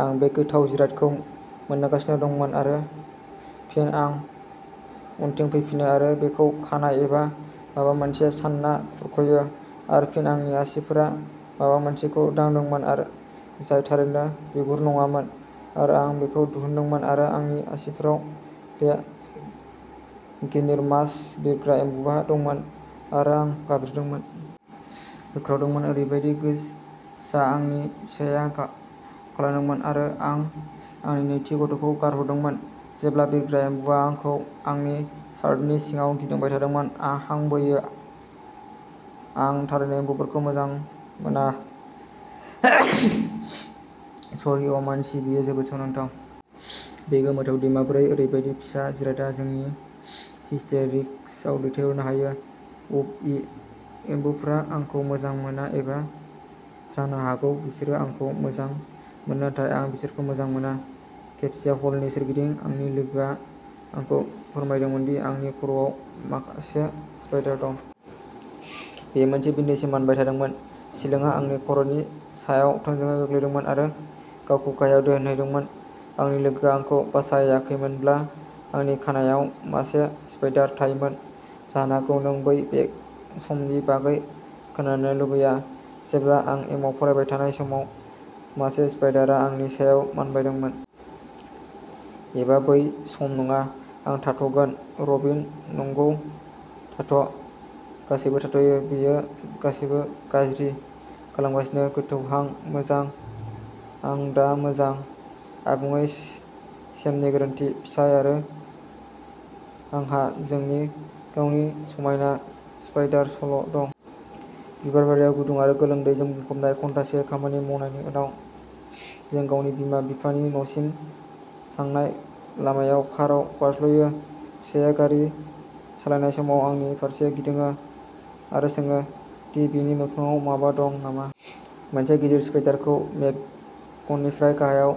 आं बे गोथाव जिरादखौ मोनदांगासिनो दंमोन आरो फिन आं उनथिं फैफिनो आरो बेखौ खानाय एबा माबा मोनसे सानना खुरख'यो आरो फिन आंनि आसिफोरा माबा मोनसेखौ दांदोंमोन जाय थारैनो बिगुर नङामोन आरो आं बेखौ दिहुनदोंमोन आरो आंनि आसिफोराव बे गिनिर्मास बिरग्रा एम्बुआ दंमोन आरो आं गाबज्रिदोंमोन। होख्रावदोंमोन! ओरैबायदि गोसा आंनि फिसाया गाहायाव खारलांदोंमोन आरो आं आंनि नैथि गथ'खौ गारहरदोंमोन, जेब्ला बिरग्रा एम्बुआ आंखौ आंनि शार्टनि सिङाव गिदिंबाय थादोंमोन। हां बोयो। आं थारैनो एम्बुफोरखौ मोजां मोना। शरी अ' मानसि, बेयो जोबोद सोमोनांथाव! बेयो गोमोथाव दि माबोरै ओरैबायदि फिसा जिरादआ जोंखौ हिस्टेरिक्सआव दैथायहरनो हायो। उफ. ई! एम्बुफोरा आंखौ मोजां मोना एबा, जानो हागौ, बिसोरो आंखौ मोजां मोनो नाथाय आं बिसोरखौ मोजां मोना। खेबसे, हलनि सोरगिदिं आंनि लोगोआ आंखौ फोरमायदोंमोन दि आंनि खर'आव मासे स्पाइडार दं। बेयो मोनसे बिन्दोसिम मानबाय थादोंमोन। सिलिंआ आंनि खर'नि सायाव थोंजोङै गोग्लैदोंमोन आरो गावखौ गाहायाव दोनहैदोंमोन। आंनि लोगोआ आंखौ बासायाखैमोनब्ला, आंनि खानाइआव मासे स्पाइडार थायोमोन। जानो हागौ नों बै समनि बागै खोनानो लुबैया जेब्ला आं एमाव फरायबाय थानाय समाव मासे स्पाइडारआ आंनि सायाव मानबायदोंमोन। एबा बै सम नङा, आं थाथ'गोन। रबिन नंगौ, थाथ '! गासैबो थाथ'यो! बेयो गासैबो गाज्रि खालामगासिनो! गोथौ हां। मोजां। आं दा मोजां। आबुङै सेमनि गोरोन्थि। फिसाय आरो आंहा जोंनि गावनि समायना स्पाइडार सल' दं। बिबारबारियाव गुदुं आरो गोलोमदैजों बुंफबनाय घन्टासे खामानि मावनायनि उनाव, जों गावनि बिमा बिफानि न'सिम थांनाय लामायाव काराव बाज्लायो। फिसायआ, गारि सालायनाय समाव, आंनि फारसे गिदिङो आरो सोङो दि बिनि मोखांआव माबा दं नामा। मोनसे गिदिर स्पाइडारखौ मेगननिफ्राय गाहायाव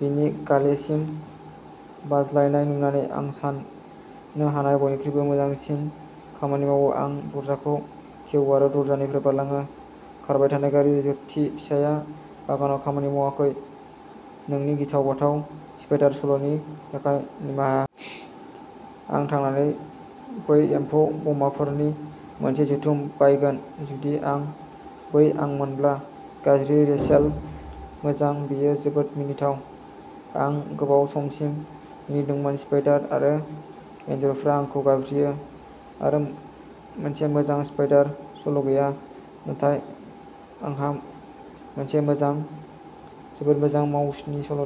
बिनि गालेसिम बाज्लायनाय नुनानै, आं साननो हानाय बयनिख्रुइबो मोजांसिन खामानि मावोः आं दरजाखौ खेवो आरो दरजानिफ्राय बारलाङो। खारबाय थानाय गारि। जोबथिः फिसायआ बागानाव खामानि मावाखै। नोंनि गिथाव बाथाव स्पाइडार सल'नि थाखाय निमाहा हो। आं थांनानै बै एम्फौ बमाफोरनि मोनसे जुथुम बायगोन जुदि आं बै आंमोनब्ला। गाज्रि! रेचेल मोजां, बेयो जोबोद मिनिथाव। आं गोबाव समसिम मिनिदोंमोन। स्पाइडार आरो एनजरफोरा आंखौ गाबज्रियो! आंहा मोनसे मोजां स्पाइडार सल' गैया नाथाय आंहा मोनसे जोबोद मोजां माउसनि सल'